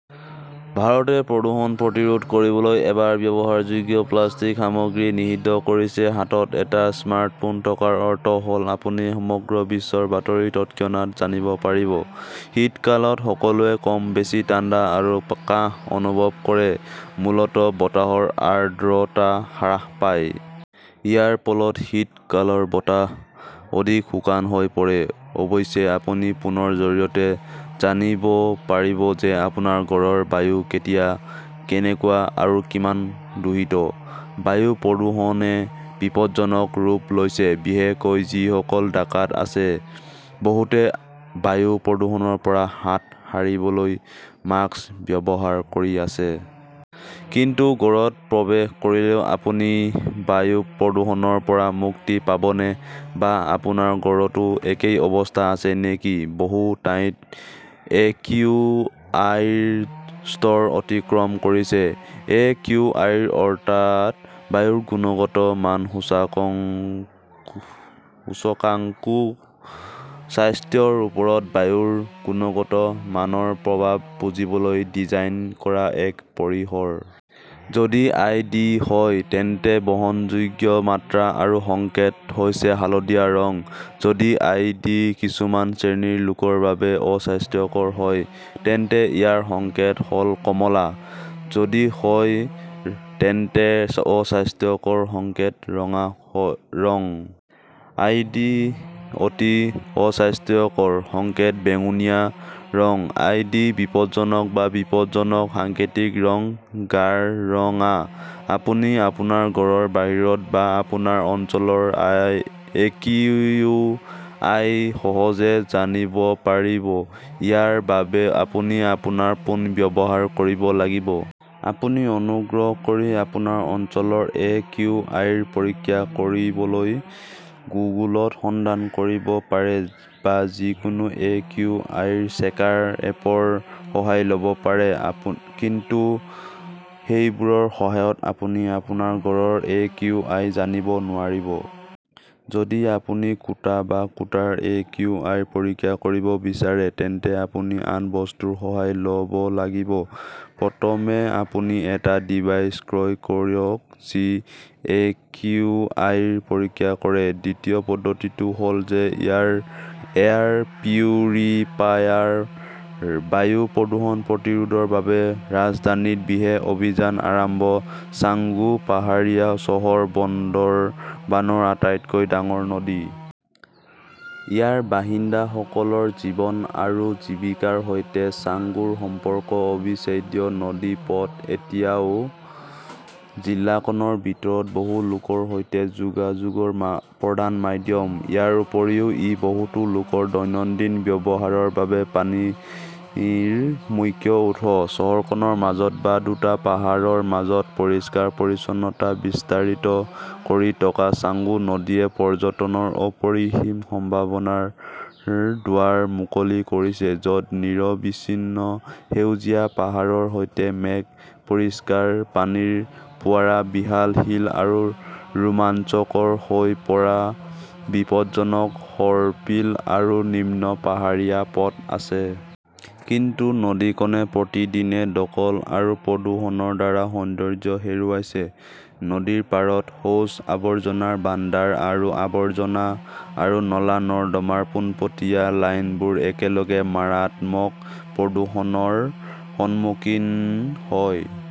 ভাৰতে প্ৰদূষণ প্ৰতিৰোধ কৰিবলৈ এবাৰ ব্যৱহাৰযোগ্য প্লাষ্টিক সামগ্ৰী নিষিদ্ধ কৰিছে হাতত এটা স্মাৰ্টফোন থকাৰ অৰ্থ হ'ল আপুনি সমগ্ৰ বিশ্বৰ বাতৰি তৎক্ষণাত জানিব পাৰিব। শীতকালত সকলোৱে কম বেছি ঠাণ্ডা আৰু কাহ অনুভৱ কৰে। মূলতঃ বতাহৰ আৰ্দ্ৰতা হ্ৰাস পায়। ইয়াৰ ফলত শীতকালৰ বতাহ অধিক শুকান হৈ পৰে। অৱশ্যে, আপুনি ফোনৰ জৰিয়তে জানিব পাৰিব যে আপোনাৰ ঘৰৰ বায়ু কেতিয়া কেনেকুৱা আৰু কিমান দূষিত। বায়ু প্ৰদূষণে বিপদজনক ৰূপ লৈছে। বিশেষকৈ যিসকল ঢাকাত আছে। বহুতে বায়ু প্ৰদূষণৰ পৰা হাত সাৰিবলৈ মাস্ক ব্যৱহাৰ কৰি আছে। কিন্তু ঘৰত প্ৰৱেশ কৰিলেও আপুনি বায়ু প্ৰদূষণৰ পৰা মুক্তি পাবনে? বা আপোনাৰ ঘৰতো একেই অৱস্থা আছে নেকি? বহু ঠাইত একিউআইৰ স্তৰ অতিক্ৰম কৰিছে। এ. কিউ. আই. অৰ্থাৎ বায়ুৰ গুণগত মান সূচকাংকো স্বাস্থ্যৰ ওপৰত বায়ুৰ গুণগত মানৰ প্ৰভাৱ বুজিবলৈ ডিজাইন কৰা এক পৰিসৰ। যদি আই. ডি. হয় তেন্তে বহনযোগ্য মাত্ৰা। ইয়াৰ সংকেত হৈছে হালধীয়া ৰং। যদি আই. ডি. কিছুমান শ্ৰেণীৰ লোকৰ বাবে অস্বাস্থ্যকৰ হয়, তেন্তে ইয়াৰ সংকেত হ 'ল কমলা। যদি হয় তেন্তে অস্বাস্থ্যকৰ, সংকেত ৰঙা ৰং। আই. ডি. অতি অস্বাস্থ্যকৰ, সংকেত বেঙুনীয়া ৰং। আই. ডি. বিপদজনক বা বিপদজনক, সাংকেতিক ৰং গাঢ় ৰঙা। আপুনি আপোনাৰ ঘৰৰ বাহিৰত বা আপোনাৰ অঞ্চলৰ একিউআই সহজে জানিব পাৰিব। ইয়াৰ বাবে আপুনি আপোনাৰ ফোন ব্যৱহাৰ কৰিব লাগিব। আপুনি অনুগ্ৰহ কৰি আপোনাৰ অঞ্চলৰ এ. কিউ. আই. পৰীক্ষা কৰিবলৈ গুগলত সন্ধান কৰিব পাৰে বা যিকোনো এ. কিউ. আই. চেকাৰ এপৰ সহায় ল 'ব পাৰে। কিন্তু সেইবোৰৰ সহায়ত আপুনি আপোনাৰ ঘৰৰ একিউআই জানিব নোৱাৰিব। যদি আপুনি কোঠা বা কোঠাৰ একিউআই পৰীক্ষা কৰিব বিচাৰে, তেন্তে আপুনি আন বস্তুৰ সহায় ল 'ব লাগিব। প্ৰথমে আপুনি এটা ডিভাইচ ক্ৰয় কৰক যি একিউআই পৰীক্ষা কৰে। দ্বিতীয় পদ্ধতিটো হ'ল এয়াৰ পিউৰিফায়াৰ। বায়ু প্ৰদূষণ প্ৰতিৰোধৰ বাবে ৰাজধানীত বিশেষ অভিযান আৰম্ভ ছাংগু পাহাৰীয়া চহৰ বন্দৰবানৰ আটাইতকৈ ডাঙৰ নদী। ইয়াৰ বাসিন্দাসকলৰ জীৱন আৰু জীৱিকাৰ সৈতে ছাংগুৰ সম্পৰ্ক অবিচ্ছেদ্য। নদীপথ এতিয়াও জিলাখনৰ ভিতৰত বহু লোকৰ সৈতে যোগাযোগৰ প্ৰধান মাধ্যম। ইয়াৰ উপৰিও ই বহুতো লোকৰ দৈনন্দিন ব্যৱহাৰৰ বাবে পানীৰ মুখ্য উৎস। চহৰখনৰ মাজত বা দুটা পাহাৰৰ মাজত পৰিষ্কাৰ-পৰিচ্ছন্নতা বিস্তাৰিত কৰি থকা ছাংগু নদীয়ে পৰ্যটনৰ অপৰিসীম সম্ভাৱনাৰ দুৱাৰ মুকলি কৰিছে, য 'ত নিৰবিচ্ছিন্ন সেউজীয়া পাহাৰৰ সৈতে মেঘ, পৰিষ্কাৰ পানীৰ ফোঁৱাৰা, বিশাল শিল আৰু ৰোমাঞ্চকৰ হৈ পৰা বিপদজনক সৰ্পিল আৰু নিম্ন পাহাৰীয়া পথ আছে। কিন্তু নদীখনে প্ৰতিদিনে দখল আৰু প্ৰদূষণৰ দ্বাৰা সৌন্দৰ্য হেৰুৱাইছে। নদীৰ পাৰত শৌচ, আৱৰ্জনাৰ ভাণ্ডাৰ আৰু আৱৰ্জনা আৰু নলা-নৰ্দমাৰ পোনপটীয়া লাইনবোৰ একেলগে মাৰাত্মক প্ৰদূষণৰ সন্মুখীন হয়।